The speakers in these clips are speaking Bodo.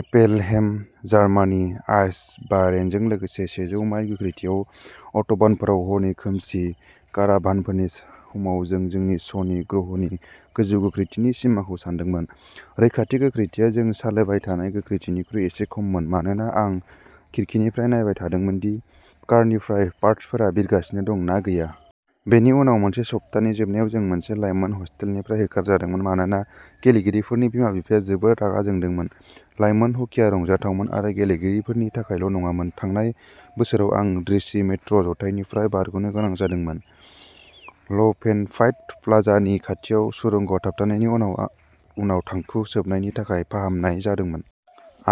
एपेलहेम जार्मानि आइसबारेनजों लोगोसे। सेजौ माइल गोख्रैथियाव अट'बानफोराव हरनि खोमसि काराभानफोरनि समाव जों जोंनि शनि ग्रह'नि गोजौ गोख्रैथिनि सिमाखौ सानदोंमोन। रैखाथि गोख्रैथिया जों सालायबाय थानाय गोख्रैथिनिख्रुइ एसे खममोन मानोना आं खिरखिनिफ्राय नायबाय थादोंमोनदि कारनिफ्राय पार्ट्सफोरा बिरगासिनो दं ना गैया। बेनि उनाव मोनसे सप्तानि जोबनायाव जों मोनसे लाइमोन हस्टेलनिफ्राय होखारजादोंमोन मानोना गेलेगिरिफोरनि बिमा-बिफाया जोबोद रागा जोंदोंमोन। लाइमोन हकीआ रंजाथावमोन आरो गेलेगिरिफोरनि थाखायल' नङामोन। थांनाय बोसोराव आं डिसि मेट्र' जाथायनिफ्राय बारग'नो गोनां जादोंमोन ल'एनफान्ट प्लाजानि खाथियाव सुरंगआव थाबथानायनि उनाव थांखु सोबनायनि थाखाय फाहामनाय जादोंमोन।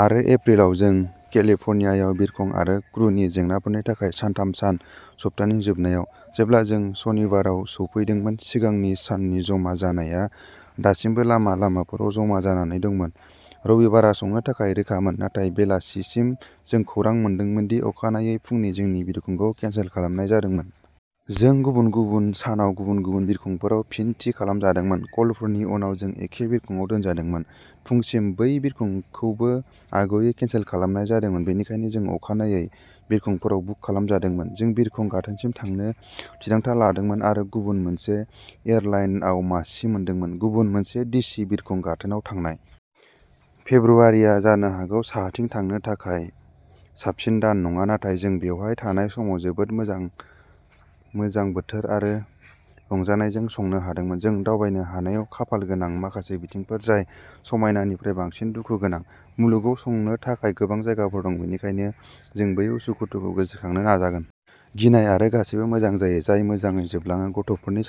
आरो एप्रिलाव जों केलिफर्नियायाव बिरखं आरो क्रुनि जेंनाफोरनि थाखाय सानथाम सान सप्तानि जोबनायाव। जेब्ला जों सनिबाराव सौफैदोंमोन सिगांनि साननि जमा जानाया दासिमबो लामा लामाफोराव जमा जानानै दंमोन। रबिबारआ संनो थाखाय रोखामोन नाथाय बेलासिसिम जों खौरां मोनदोंमोनदि अखानायै फुंनि जोंनि बिरखंखौ केनसेल खालामनाय जादोंमोन। जों गुबुन गुबुन सानाव गुबुन गुबुन बिरखंफोराव फिन थि खालामजादोंमोन। कलफोरनि उनाव जों एखे बिरखंआव दोनजादोंमोन। फुंसिम बै बिरखंखौबो आगुयै केनसेल खालामनाय जादोंमोन बेनिखायनो जों अखानायै बिरखंफोराव बुक खालामजादोंमोन। जों बिरखं गाथोनसिम थांनो थिरांथा लादोंमोन आरो गुबुन मोनसे एयारलाइनआव मासि मोनदोंमोन गुबुन मोनसे डिसि बिरखं गाथोनआव थांनाय। फेब्रुआरिआ जानो हागौ साहाथिं थांनो थाखाय साबसिन दान नङा नाथाय जों बेवहाय थानाय समाव जोबोद मोजां बोथोर आरो रंजानायजों संनो हादोंमोन। जों दावबायनो हानायाव खाफालगोनां माखासे बिथिंफोर जाय समायनानिफ्राय बांसिन दुखु गोनां। मुलुगाव संनो थाखाय गोबां जायगाफोर दं बेनिखायनो जों बै उसुखुथुखौ गोसोखांनो नाजागोन। गिनाय आरो गासिबो मोजां जायो जाय मोजाङै जोबलाङो। गथ'फोरनि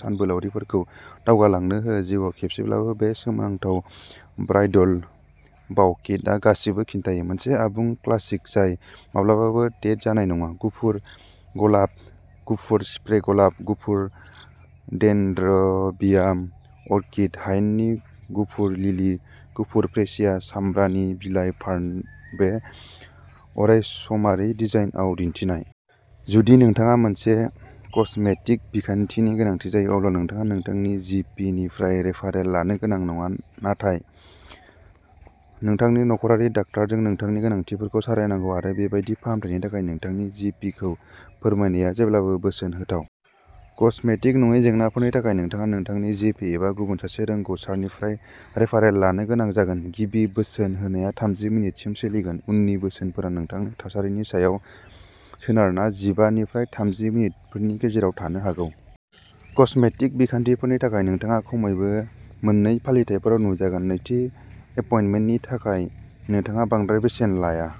सानबोलावरिफोरखौ दावगालांनो हो जिउआव खेबसेब्लाबो बे सोमोनांथाव ब्राइडल बाउकेटआ गासिबो खिन्थायो। मोनसे आबुं क्लासिक जाय माब्लाबाबो डेट जानाय नङा। गुफुर गलाब, गुफुर स्प्रे गलाब, गुफुर डेनड्रबियाम अर्किड, हायेननि गुफुर लिलि, गुफुर फ्रेसिया, सामब्रानि बिलाइ फार्न बे अरायसमारि डिजाइनआव दिन्थिनाय। जुदि नोंथाङा मोनसे कस्मेटिक बिखान्थिनि गोनांथि जायो अब्ला नोंथाङा नोंथांनि जि पि निफ्राय रेफारेल लानो गोनां नङा नाथाय नोंथांनि न'खरारि डाक्टारजों नोंथांनि गोनांथिफोरखौ सावरायनांगौ आरो बेबादि फाहामथायनि थाखाय नोंथांनि जि पि खौ फोरमायनाया जेब्लाबो बोसोन होथाव। कस्मेटिक नङै जेंनाफोरनि थाखाय नोंथाङा नोंथांनि जि पि एबा गुबुन सासे रोंग'सारनिफ्राय रेफारेल लानो गोनां जागोन। गिबि बोसोन होनाया थामजि मिनिटसिम सोलिगोन। उननि बोसोनफोरा नोंथांनि थासारिनि सायाव सोनारना जिबा निफ्राय थामजि मिनिटफोरनि गेजेराव थानो हागौ। कस्मेटिक बिखान्थिफोरनि थाखाय नोंथाङा खमैबो मोननै फालिथायफोराव नुजागोन। नैथि एपइन्टमेन्टनि थाखाय नोंथाङा बांद्राय बेसेन लाया।